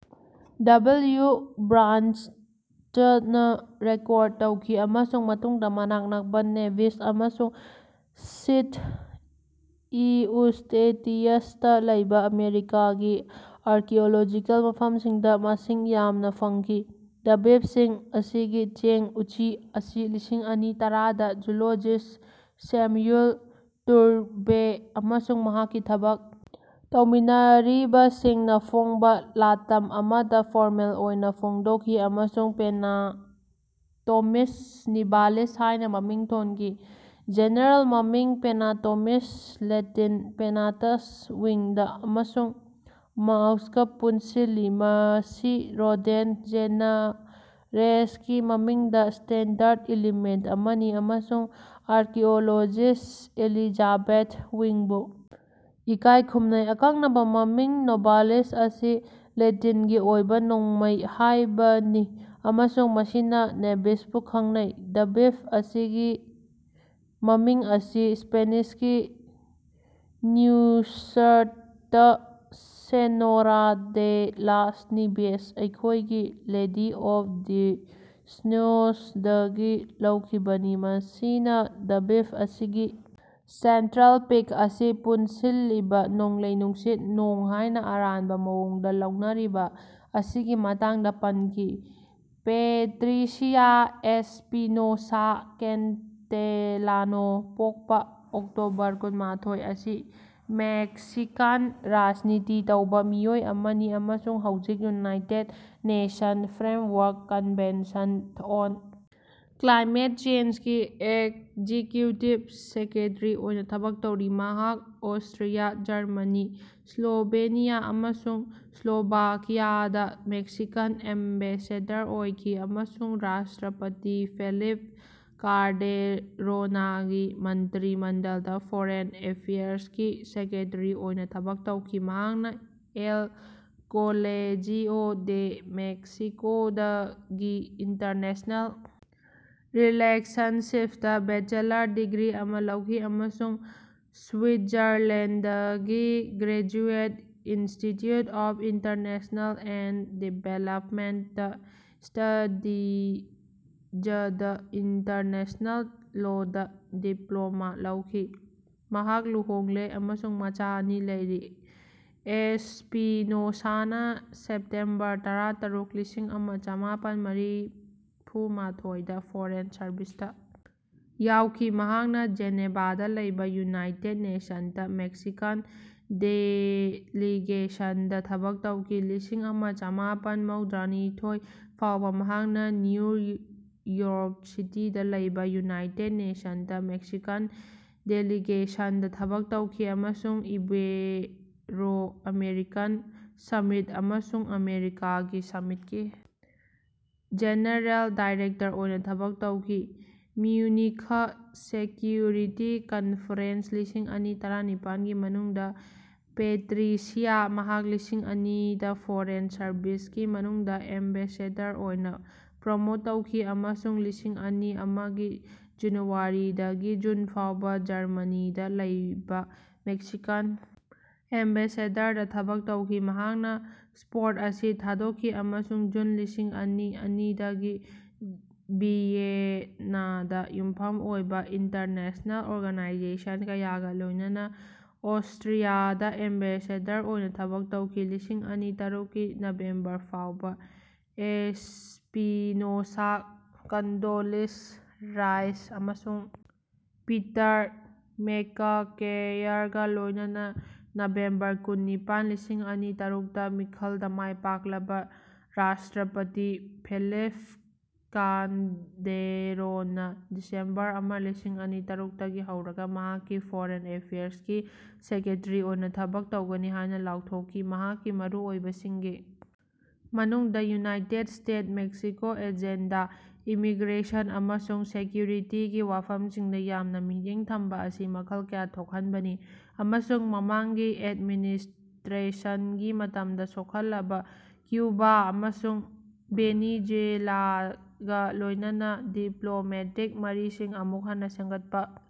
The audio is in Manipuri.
ꯗꯕꯜꯌꯨ ꯕ꯭ꯔꯥꯟꯆꯅ ꯔꯦꯀꯣꯔꯗ ꯇꯧꯈꯤ ꯑꯃꯁꯨꯡ ꯃꯇꯨꯡꯗ ꯃꯅꯥꯛ ꯅꯛꯄ ꯅꯦꯚꯤꯁ ꯑꯃꯁꯨꯡ ꯁꯤꯟꯠ ꯏꯎꯁ꯭ꯇꯦꯇꯤꯌꯁꯇ ꯂꯩꯕ ꯑꯃꯦꯔꯤꯀꯥꯒꯤ ꯑꯥꯔꯀꯤꯑꯣꯂꯣꯖꯤꯀꯦꯜ ꯃꯐꯝꯁꯤꯡꯗ ꯃꯁꯤꯡ ꯌꯥꯝꯅꯥ ꯐꯪꯈꯤ꯫ ꯗ꯭ꯕꯤꯞꯁꯤꯡ ꯑꯁꯤꯒꯤ ꯆꯦꯡ ꯎꯆꯤ ꯑꯁꯤ ꯂꯤꯁꯤꯡ ꯑꯅꯤ ꯇꯔꯥꯗ ꯖꯨꯂꯣꯖꯤꯁ ꯁꯦꯝꯌꯨꯜ ꯇꯨꯔꯚꯦ ꯑꯃꯁꯨꯡ ꯃꯍꯥꯛꯀꯤ ꯊꯕꯛ ꯇꯧꯃꯤꯟꯅꯔꯤꯕꯁꯤꯡꯅ ꯐꯣꯡꯕ ꯂꯥꯇꯝ ꯑꯃꯗ ꯐꯣꯔꯃꯦꯜ ꯑꯣꯏꯅ ꯐꯣꯡꯗꯣꯛꯈꯤ ꯑꯃꯁꯨꯡ ꯄꯦꯅꯥꯇꯣꯃꯤꯁ ꯅꯤꯚꯥꯂꯤꯁ ꯍꯥꯏꯅ ꯃꯃꯤꯡ ꯊꯣꯟꯈꯤ꯫ ꯖꯦꯅꯦꯔꯦꯜ ꯃꯃꯤꯡ ꯄꯦꯅꯥꯇꯣꯃꯤꯁ ꯂꯦꯇꯤꯟ ꯄꯦꯅꯥꯇꯁ ꯋꯤꯡꯗ ꯑꯃꯁꯨꯡ ꯃꯥꯎꯁꯒꯥ ꯄꯨꯟꯁꯤꯜꯂꯤ ꯃꯁꯤ ꯔꯣꯗꯦꯟꯠ ꯖꯦꯅꯥꯔꯦꯁꯀꯤ ꯃꯃꯤꯡꯗ ꯁ꯭ꯇꯦꯟꯗꯔꯗ ꯏꯂꯤꯃꯦꯟꯠ ꯑꯃꯅꯤ ꯑꯃꯁꯨꯡ ꯑꯥꯔꯀꯤꯑꯣꯂꯣꯖꯤꯁ ꯑꯦꯂꯤꯖꯥꯕꯦꯊ ꯋꯤꯡꯕꯨ ꯏꯀꯥꯏꯈꯨꯝꯅꯩ꯫ ꯑꯀꯛꯅꯕ ꯃꯃꯤꯡ ꯅꯤꯚꯥꯂꯤꯁ ꯑꯁꯤ ꯂꯦꯇꯤꯟꯒꯤ ꯑꯣꯏꯕ ꯅꯣꯡꯃꯩ ꯍꯥꯏꯕꯅꯤ ꯑꯃꯁꯨꯡ ꯃꯁꯤꯅ ꯅꯦꯚꯤꯁꯄꯨ ꯈꯪꯅꯩ꯫ ꯗ꯭ꯕꯤꯞ ꯑꯁꯤꯒꯤ ꯃꯃꯤꯡ ꯑꯁꯤ ꯁ꯭ꯄꯦꯅꯤꯁꯀꯤ Nuestra Senora de las Nieves ꯑꯩꯈꯣꯏꯒꯤ ꯂꯦꯗꯤ ꯑꯣꯐ ꯗ꯭ꯌ ꯁ꯭ꯅꯣꯁ ꯗꯒꯤ ꯂꯧꯈꯤꯕꯅꯤ ꯃꯁꯤꯅꯥ ꯗ꯭ꯕꯤꯞ ꯑꯁꯤꯒꯤ ꯁꯦꯟꯇ꯭ꯔꯦꯜ ꯄꯤꯛ ꯑꯁꯤ ꯄꯨꯞꯁꯤꯜꯂꯤꯕꯥ ꯅꯣꯡꯂꯩ ꯅꯨꯡꯁꯤꯠ ꯅꯣꯡ ꯍꯥꯏꯅ ꯑꯔꯥꯟꯕ ꯃꯑꯣꯡꯗ ꯂꯧꯅꯔꯤꯕ ꯑꯁꯤꯒꯤ ꯃꯇꯥꯡꯗꯥ ꯄꯟꯈꯤ꯫ ꯄꯦꯇ꯭ꯔꯤꯁꯤꯌꯥ ꯑꯦꯁ꯭ꯄꯤꯅꯣꯁꯥ ꯀꯦꯟꯇꯦꯂꯥꯅꯣ ꯄꯣꯛꯄꯥ ꯑꯣꯛꯇꯣꯕꯔ ꯀꯨꯟꯃꯥꯊꯣꯏ ꯑꯁꯤ ꯃꯦꯛꯁꯤꯀꯥꯟ ꯔꯥꯖꯅꯤꯇꯤ ꯇꯧꯕꯥ ꯃꯤꯑꯣꯏ ꯑꯃꯅꯤ ꯑꯃꯁꯨꯡ ꯍꯧꯖꯤꯛ United Nations Framework Convention on Climate ꯆꯦꯟꯖꯒꯤ ꯑꯦꯛꯖꯤꯀ꯭ꯌꯨꯇꯤꯕ ꯁꯦꯀ꯭ꯔꯦꯇꯔꯤ ꯑꯣꯏꯅꯥ ꯊꯕꯛ ꯇꯧꯔꯤ꯫ ꯃꯍꯥꯛ ꯑꯣꯁꯇ꯭ꯔꯤꯌꯥ ꯖꯔꯃꯅꯤ ꯁ꯭ꯂꯣꯚꯦꯅꯤꯌꯥ ꯑꯃꯁꯨꯡ ꯁ꯭ꯂꯣꯚꯥꯀꯤꯌꯥꯗꯥ ꯃꯦꯛꯁꯤꯀꯥꯟ ꯑꯦꯝꯕꯦꯁꯦꯗꯔ ꯑꯣꯏꯈꯤ ꯑꯃꯁꯨꯡ ꯔꯥꯁꯇ꯭ꯔꯄꯇꯤ ꯐꯦꯂꯤꯞ ꯀꯥꯜꯗꯦꯔꯣꯅꯒꯤ ꯃꯟꯇ꯭ꯔꯤꯃꯟꯗꯜꯗꯥ ꯐꯣꯔꯦꯟ ꯑꯦꯐꯤꯌꯔꯁꯀꯤ ꯁꯦꯀ꯭ꯔꯦꯇꯔꯤ ꯑꯣꯏꯅꯥ ꯊꯕꯛ ꯇꯧꯈꯤ꯫ ꯃꯍꯥꯛꯅꯥ ꯑꯦꯜ ꯀꯣꯂꯦꯖꯤꯑꯣ ꯗꯦ ꯃꯦꯛꯁꯤꯀꯣꯗꯒꯤ ꯏꯟꯇꯔꯅꯦꯁꯅꯦꯜ ꯔꯤꯂꯦꯁꯟꯁꯤꯞꯇꯥ ꯕꯦꯆꯦꯂꯔ ꯗꯤꯒ꯭ꯔꯤ ꯑꯃꯥ ꯂꯧꯈꯤ ꯑꯃꯁꯨꯡ ꯁ꯭ꯋꯤꯠꯖꯔꯂꯦꯟꯗꯒꯤ graduate institute of international and development ꯁ꯭ꯇꯗꯤꯖꯗꯥ ꯏꯟꯇꯔꯅꯦꯁꯅꯦꯜ ꯂꯣꯗꯥ ꯗꯤꯄ꯭ꯂꯣꯃꯥ ꯂꯧꯈꯤ꯫ ꯃꯍꯥꯛ ꯂꯨꯍꯣꯡꯂꯦ ꯑꯃꯁꯨꯡ ꯃꯆꯥ ꯑꯅꯤ ꯂꯩꯔꯤ꯫ ꯑꯦꯁ꯭ꯄꯤꯅꯣꯁꯥꯅꯥ ꯁꯦꯞꯇꯦꯝꯕꯔ ꯇꯔꯥꯇꯔꯨꯛ ꯂꯤꯁꯤꯡ ꯑꯃ ꯆꯃꯥꯄꯟ ꯃꯔꯐꯨꯃꯥꯊꯣꯏꯗ ꯐꯣꯔꯦꯟ ꯁꯔꯕꯤꯁꯇꯥ ꯌꯥꯎꯈꯤ ꯃꯍꯥꯛꯅꯥ ꯖꯦꯅꯦꯚꯥꯗꯥ ꯂꯩꯕꯥ ꯌꯨꯅꯥꯏꯇꯦꯗ ꯅꯦꯁꯟꯁꯇꯥ ꯃꯦꯛꯁꯤꯀꯥꯟ ꯗꯦꯂꯤꯒꯦꯁꯟꯗꯥ ꯊꯕꯛ ꯇꯧꯈꯤ꯫ ꯂꯤꯁꯤꯡ ꯑꯃ ꯆꯃꯥꯄꯟ ꯃꯧꯗ꯭ꯔꯥꯅꯤꯊꯣꯏ ꯐꯥꯎꯕꯥ ꯃꯍꯥꯛꯅꯥ ꯅ꯭ꯌꯨ ꯌꯣꯔꯛ ꯁꯤꯇꯤꯗꯥ ꯂꯩꯕꯥ ꯌꯨꯅꯥꯏꯇꯦꯗ ꯅꯦꯁꯟꯁꯇꯥ ꯃꯦꯛꯁꯤꯀꯥꯟ ꯗꯦꯂꯤꯒꯦꯁꯟꯗꯥ ꯊꯕꯛ ꯇꯧꯈꯤ ꯑꯃꯁꯨꯡ ꯏꯕꯦꯔꯣ ꯑꯃꯦꯔꯤꯀꯥꯟ ꯁꯃꯤꯠ ꯑꯃꯁꯨꯡ ꯑꯃꯦꯔꯤꯀꯥꯒꯤ ꯁꯃꯤꯠꯀꯤ ꯖꯦꯅꯔꯦꯜ ꯗꯥꯏꯔꯦꯛꯇꯔ ꯑꯣꯏꯅꯥ ꯊꯕꯛ ꯇꯧꯈꯤ꯫ ꯃ꯭ꯌꯨꯅꯤꯈ ꯁꯦꯀ꯭ꯌꯨꯔꯤꯇꯤ ꯀꯟꯐꯔꯦꯟꯁ ꯂꯤꯁꯤꯡ ꯑꯅꯤ ꯇꯔꯥꯅꯤꯄꯥꯟꯒꯤ ꯃꯅꯨꯡꯗ ꯄꯦꯇ꯭ꯔꯤꯁꯤꯌꯥ ꯃꯍꯥꯛ ꯂꯤꯁꯤꯡ ꯑꯅꯤꯗꯥ ꯐꯣꯔꯦꯟ ꯁꯔꯕꯤꯁꯀꯤ ꯃꯅꯨꯡꯗꯥ ꯑꯦꯝꯕꯦꯁꯦꯗꯔ ꯑꯣꯏꯅꯥ ꯄ꯭ꯔꯣꯃꯣꯠ ꯇꯧꯈꯤ ꯑꯃꯁꯨꯡ ꯂꯤꯁꯤꯡ ꯑꯅꯤ ꯑꯃꯒꯤ ꯖꯅꯨꯋꯥꯔꯤꯗꯒꯤ ꯖꯨꯟ ꯐꯥꯎꯕꯥ ꯖꯔꯃꯅꯤꯗꯥ ꯂꯩꯕꯥ ꯃꯦꯛꯁꯤꯀꯥꯟ ꯑꯦꯝꯕꯦꯁꯦꯗꯔꯗꯥ ꯊꯕꯛ ꯇꯧꯈꯤ ꯃꯍꯥꯛꯅꯥ ꯏꯄꯣꯛ ꯑꯁꯤ ꯊꯥꯗꯣꯛꯈꯤ ꯑꯃꯁꯨꯡ ꯖꯨꯟ ꯂꯤꯁꯤꯡ ꯑꯅꯤ ꯑꯅꯤꯗꯒꯤ ꯚꯤꯌꯦꯅꯥꯗꯥ ꯌꯨꯝꯐꯝ ꯑꯣꯏꯕꯥ ꯏꯟꯇꯔꯅꯦꯁꯅꯦꯜ ꯑꯣꯔꯒꯅꯥꯏꯖꯦꯁꯟ ꯀꯌꯥꯒꯥ ꯂꯣꯏꯅꯅꯥ ꯑꯣꯁꯇ꯭ꯔꯤꯌꯥꯗꯥ ꯑꯦꯝꯕꯦꯁꯦꯗꯔ ꯑꯣꯏꯅꯥ ꯊꯕꯛ ꯇꯧꯈꯤ꯫ ꯂꯤꯁꯤꯡ ꯑꯅꯤ ꯇꯔꯨꯛꯀꯤ ꯅꯕꯦꯝꯕꯔ ꯐꯥꯎꯕ ꯑꯦꯁ꯭ꯄꯤꯅꯣꯁꯥ ꯀꯟꯗꯣꯂꯤꯖ ꯔꯥꯏꯁ ꯑꯃꯁꯨꯡ ꯄꯤꯇꯔ ꯃꯦꯀꯀꯦꯌꯔꯒꯥ ꯂꯣꯏꯅꯅꯥ꯫ ꯅꯕꯦꯝꯕꯔ ꯀꯨꯟ ꯅꯤꯄꯥꯟ ꯂꯤꯁꯤꯡ ꯑꯅꯤ ꯇꯔꯨꯛꯇ ꯃꯤꯈꯜꯗꯥ ꯃꯥꯏ ꯄꯥꯛꯂꯕꯥ ꯔꯥꯁꯇ꯭ꯔꯄꯇꯤ ꯐꯦꯂꯤꯞ ꯀꯥꯜꯗꯦꯔꯣꯟꯅꯥ ꯗꯤꯁꯦꯝꯕꯔ ꯑꯃ ꯂꯤꯁꯤꯡ ꯑꯅꯤ ꯇꯔꯨꯛꯇꯒꯤ ꯍꯧꯔꯒꯥ ꯃꯍꯥꯛꯀꯤ ꯐꯣꯔꯦꯟ ꯑꯦꯐꯤꯌꯔꯁꯀꯤ ꯁꯦꯀ꯭ꯔꯦꯇꯔꯤ ꯑꯣꯏꯅꯥ ꯊꯕꯛ ꯇꯧꯒꯅꯤ ꯍꯥꯏꯅꯥ ꯂꯥꯎꯊꯣꯛꯈꯤ ꯃꯍꯥꯛꯀꯤ ꯃꯔꯨ ꯑꯣꯏꯕꯁꯤꯡꯒꯤ ꯃꯅꯨꯡꯗꯥ United States Mexico agenda immigration ꯑꯃꯁꯨꯡ ꯁꯦꯀ꯭ꯌꯨꯔꯤꯇꯤꯒꯤ ꯋꯥꯐꯝꯁꯤꯡꯗꯥ ꯌꯥꯝꯅꯥ ꯃꯤꯠꯌꯦꯡ ꯊꯝꯕꯥ ꯑꯁꯤ ꯃꯈꯜ ꯀꯌꯥ ꯊꯣꯛꯍꯟꯕꯅꯤ꯫ ꯑꯃꯁꯨꯡ ꯃꯃꯥꯡꯒꯤ ꯑꯦꯗꯃꯤꯅꯤꯁꯇ꯭ꯔꯦꯁꯟꯒꯤ ꯃꯇꯝꯗꯥ ꯁꯣꯛꯍꯜꯂꯕꯥ ꯀ꯭ꯌꯨꯕꯥ ꯑꯃꯁꯨꯡ ꯚꯦꯅꯤꯖꯨꯌꯦꯂꯥꯒꯥ ꯂꯣꯏꯅꯅꯥ ꯗꯤꯄ꯭ꯂꯣꯃꯦꯇꯤꯛ ꯃꯔꯤꯁꯤꯡ ꯑꯃꯨꯛ ꯍꯟꯅꯥ ꯁꯦꯝꯒꯠꯄꯥ꯫